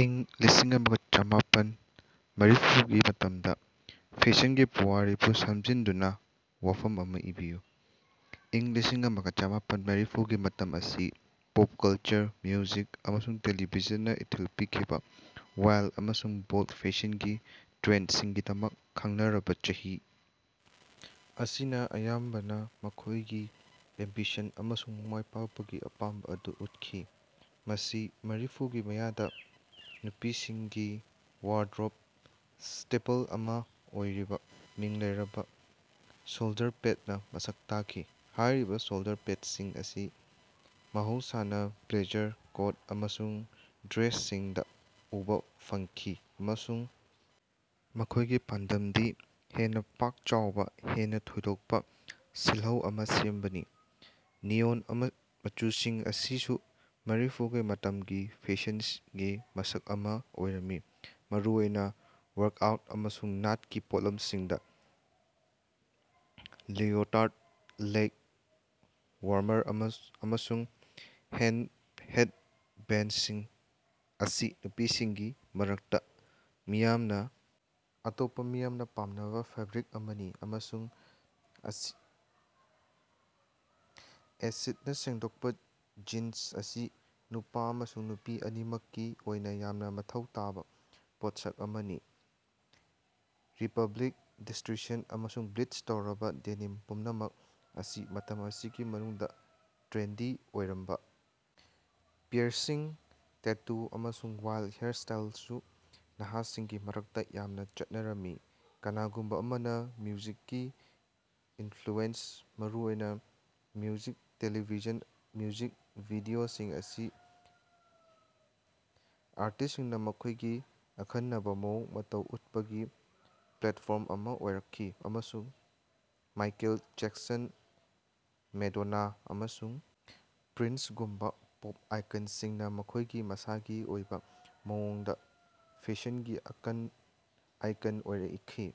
ꯏꯪ ꯂꯤꯁꯤꯡ ꯑꯃꯒ ꯆꯃꯥꯄꯟ ꯃꯔꯤꯐꯨꯒꯤ ꯃꯇꯝꯗ ꯐꯦꯁꯟꯒꯤ ꯄꯨꯋꯥꯔꯤꯕꯨ ꯁꯝꯖꯤꯟꯅꯗꯨꯅ ꯋꯥꯐꯝ ꯑꯃꯥ ꯏꯕꯤꯌꯨ꯫ ꯏꯪ ꯂꯤꯁꯤꯡ ꯑꯃꯒ ꯆꯃꯥꯄꯟ ꯃꯔꯤꯐꯨꯒꯤ ꯃꯇꯝ ꯑꯁꯤ ꯄꯣꯞ ꯀꯜꯆꯔ, ꯃ꯭ꯌꯨꯖꯤꯛ ꯑꯃꯁꯨꯡ ꯇꯦꯂꯤꯚꯤꯖꯟꯅ ꯏꯊꯤꯜ ꯄꯤꯈꯤꯕ ꯋꯥꯏꯜꯗ ꯑꯃꯁꯨꯡ ꯕꯣꯜꯗ ꯐꯦꯁꯟꯒꯤ ꯇ꯭ꯔꯦꯟꯗꯁꯤꯡꯒꯤꯗꯃꯛ ꯈꯪꯅꯔꯕ ꯆꯍꯤ ꯑꯁꯤꯅ ꯑꯌꯥꯝꯕꯅ ꯃꯈꯣꯏꯒꯤ ꯑꯦꯝꯕꯤꯁꯟ ꯑꯃꯁꯨꯡ ꯃꯥꯏꯄꯥꯛꯄꯒꯤ ꯑꯄꯥꯝꯕ ꯑꯗꯨ ꯎꯠꯈꯤ꯫ ꯃꯁꯤ ꯃꯔꯤꯐꯨꯒꯤ ꯃꯌꯥꯗ ꯅꯨꯄꯤꯁꯤꯡꯒꯤ ꯋꯥꯔꯗ꯭ꯔꯣꯕ ꯁ꯭ꯇꯦꯄꯜ ꯑꯃ ꯑꯣꯏꯔꯤꯕ ꯃꯃꯤꯡ ꯂꯩꯔꯕ ꯁꯣꯜꯗꯔ-ꯄꯦꯗꯅ ꯃꯁꯛ ꯇꯥꯛꯈꯤ꯫ ꯍꯥꯏꯔꯤꯕ ꯁꯣꯜꯗꯔ-ꯄꯦꯗꯁꯤꯡ ꯑꯁꯤ ꯃꯍꯧꯁꯥꯅ ꯕ꯭ꯂꯦꯖꯥꯔ, ꯀꯣꯠ ꯑꯃꯁꯨꯡ ꯗ꯭ꯔꯦꯁꯁꯤꯡꯗ ꯎꯕ ꯐꯪꯈꯤ ꯑꯃꯁꯨꯡ ꯃꯈꯣꯏꯒꯤ ꯄꯥꯟꯗꯝꯗꯤ ꯍꯦꯟꯅ ꯄꯥꯛ ꯆꯥꯎꯕ, ꯍꯦꯟꯅ ꯊꯣꯏꯗꯣꯛꯄ ꯁꯤꯜꯍꯧ ꯑꯃ ꯁꯦꯝꯕꯅꯤ꯫ ꯅꯤꯑꯣꯟ ꯃꯆꯨꯁꯤꯡ ꯑꯁꯤꯁꯨ ꯃꯔꯤꯐꯨꯒꯤ ꯃꯇꯝꯒꯤ ꯐꯦꯁꯟꯒꯤ ꯃꯁꯛ ꯑꯃ ꯑꯣꯏꯔꯝꯃꯤ꯫ ꯃꯔꯨꯑꯣꯏꯅ ꯋꯥꯔꯛꯑꯥꯎꯠ ꯑꯃꯁꯨꯡ ꯅꯥꯠꯀꯤ ꯄꯣꯠꯂꯝꯁꯤꯡꯗ ꯂꯤꯑꯣꯇꯥꯔꯗ, ꯂꯦꯒ ꯋꯥꯔꯃꯔ ꯑꯃꯁꯨꯡ ꯍꯦꯗꯕꯦꯟꯗꯁꯤꯡ ꯑꯁꯤ ꯅꯨꯄꯤꯁꯤꯡꯒꯤ ꯃꯔꯛꯇ ꯃꯤꯌꯥꯝꯅ ꯑꯇꯣꯞꯄ ꯃꯤꯌꯥꯝꯅ ꯄꯥꯝꯅꯕ ꯐꯦꯕ꯭ꯔꯤꯛ ꯑꯃꯅꯤ ꯑꯃꯁꯨꯡ ꯑꯦꯁꯤꯗꯅ ꯁꯦꯡꯗꯣꯛꯄ ꯖꯤꯟꯁ ꯑꯁꯤ ꯅꯨꯄꯥ ꯑꯃꯁꯨꯡ ꯅꯨꯄꯤ ꯑꯅꯤꯃꯛꯀꯤ ꯑꯣꯏꯅ ꯌꯥꯝꯅ ꯃꯊꯧ ꯇꯥꯕ ꯄꯣꯠꯁꯛ ꯑꯃꯅꯤ꯫ ꯔꯤꯄꯕ꯭ꯂꯤꯛ, ꯗꯤꯁꯇ꯭ꯔꯤꯁꯟ ꯑꯃꯁꯨꯡ ꯕ꯭ꯂꯤꯆ ꯇꯧꯔꯕ ꯗꯦꯅꯤꯝ ꯄꯨꯝꯅꯃꯛ ꯑꯁꯤ ꯃꯇꯝ ꯑꯁꯤꯒꯤ ꯃꯅꯨꯡꯗ ꯇ꯭ꯔꯦꯟꯗꯤ ꯑꯣꯏꯔꯝꯕ ꯄꯤꯌꯔꯁꯤꯡ, ꯇꯦꯇꯨ ꯑꯃꯁꯨꯡ ꯋꯥꯏꯜꯗ ꯍꯤꯌꯔꯁ꯭ꯇꯥꯏꯜꯁꯨ ꯅꯍꯥꯁꯤꯡꯒꯤ ꯃꯔꯛꯇ ꯌꯥꯝꯅ ꯆꯠꯅꯔꯝꯃꯤ꯫ ꯀꯅꯥꯒꯨꯝꯕ ꯑꯃꯅ ꯃ꯭ꯌꯨꯖꯤꯛꯀꯤ ꯏꯟꯐ꯭ꯂꯨꯑꯦꯟꯁ, ꯃꯔꯨꯑꯣꯏꯅ ꯃ꯭ꯌꯨꯖꯤꯛ ꯇꯦꯂꯤꯚꯤꯖꯟ ꯃ꯭ꯌꯨꯖꯤꯛ ꯚꯤꯗꯤꯑꯣꯁꯤꯡ ꯑꯁꯤ ꯑꯥꯔꯇꯤꯁꯠꯁꯤꯡꯅ ꯃꯈꯣꯏꯒꯤ ꯑꯈꯟꯅꯕ ꯃꯑꯣꯡ ꯃꯇꯧ ꯎꯠꯄꯒꯤ ꯄ꯭ꯂꯦꯠꯐꯣꯔꯝ ꯑꯃ ꯑꯣꯏꯔꯛꯈꯤ ꯑꯃꯁꯨꯡ ꯃꯥꯏꯀꯦꯜ ꯖꯦꯛꯁꯟ, ꯃꯦꯗꯣꯅꯥ ꯑꯃꯁꯨꯡ ꯄ꯭ꯔꯤꯟꯁꯒꯨꯝꯕ ꯄꯣꯞ ꯑꯥꯏꯀꯟꯁꯤꯡꯅ ꯃꯈꯣꯏꯒꯤ ꯃꯁꯥꯒꯤ ꯑꯣꯏꯕ ꯃꯑꯣꯡꯗ ꯐꯦꯁꯟꯒꯤ ꯑꯥꯏꯀꯟ ꯑꯣꯏꯔꯛꯈꯤ꯫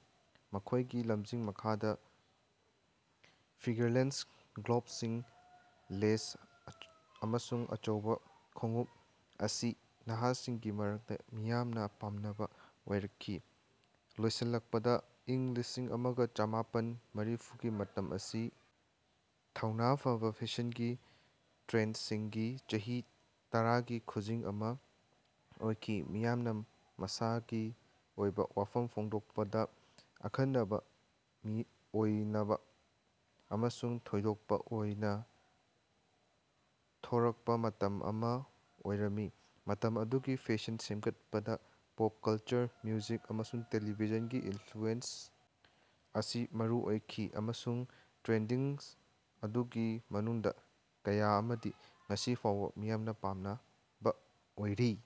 ꯃꯈꯣꯏꯒꯤ ꯂꯝꯖꯤꯡ ꯃꯈꯥꯗ ꯐꯤꯒꯔꯂꯦꯁ ꯒ꯭ꯂꯣꯕꯁꯤꯡ, ꯂꯦꯁ ꯑꯃꯁꯨꯡ ꯑꯆꯧꯕ ꯈꯣꯡꯎꯞ ꯑꯁꯤ ꯅꯍꯥꯁꯤꯡꯒꯤ ꯃꯔꯛꯇ ꯃꯤꯌꯥꯝꯅ ꯄꯥꯝꯅꯕ ꯑꯣꯏꯔꯛꯈꯤ꯫ ꯂꯣꯏꯁꯤꯜꯂꯛꯄꯗ, ꯏꯪ ꯂꯤꯁꯤꯡ ꯑꯃꯒ ꯆꯃꯥꯄꯟ ꯃꯔꯤꯐꯨꯒꯤ ꯃꯇꯝ ꯑꯁꯤ ꯊꯧꯅꯥ ꯐꯕ ꯐꯦꯁꯟꯒꯤ ꯇ꯭ꯔꯦꯟꯗꯁꯤꯡꯒꯤ ꯆꯍꯤ ꯇꯔꯥꯒꯤ ꯈꯨꯖꯤꯡ ꯑꯃ ꯑꯣꯏꯈꯤ꯫ ꯃꯤꯌꯥꯝꯅ ꯃꯁꯥꯒꯤ ꯑꯣꯏꯕ ꯋꯥꯐꯝ ꯐꯣꯡꯗꯣꯛꯄꯗ ꯑꯈꯟꯅꯕ ꯑꯣꯏꯅꯕ ꯑꯃꯁꯨꯡ ꯊꯣꯏꯗꯣꯛꯄ ꯑꯣꯏꯅ ꯊꯣꯔꯛꯄ ꯃꯇꯝ ꯑꯃ ꯑꯣꯏꯔꯝꯃꯤ꯫ ꯃꯇꯝ ꯑꯗꯨꯒꯤ ꯐꯦꯁꯟ ꯁꯦꯝꯒꯠꯄꯗ ꯄꯣꯞ ꯀꯜꯆꯔ, ꯃ꯭ꯌꯨꯖꯤꯛ ꯑꯃꯁꯨꯡ ꯇꯦꯂꯤꯚꯤꯖꯟꯒꯤ ꯏꯟꯐ꯭ꯂꯨꯑꯦꯟꯁ ꯑꯁꯤ ꯃꯔꯨ ꯑꯣꯏꯈꯤ ꯑꯃꯁꯨꯡ ꯇ꯭ꯔꯦꯟꯗꯁꯤꯡ ꯑꯗꯨꯒꯤ ꯃꯅꯨꯡꯗ ꯀꯌꯥ ꯑꯃꯗꯤ ꯉꯁꯤ ꯐꯥꯎꯕ ꯃꯤꯌꯥꯝꯅ ꯄꯥꯝꯅꯕ ꯑꯣꯏꯔꯤ꯫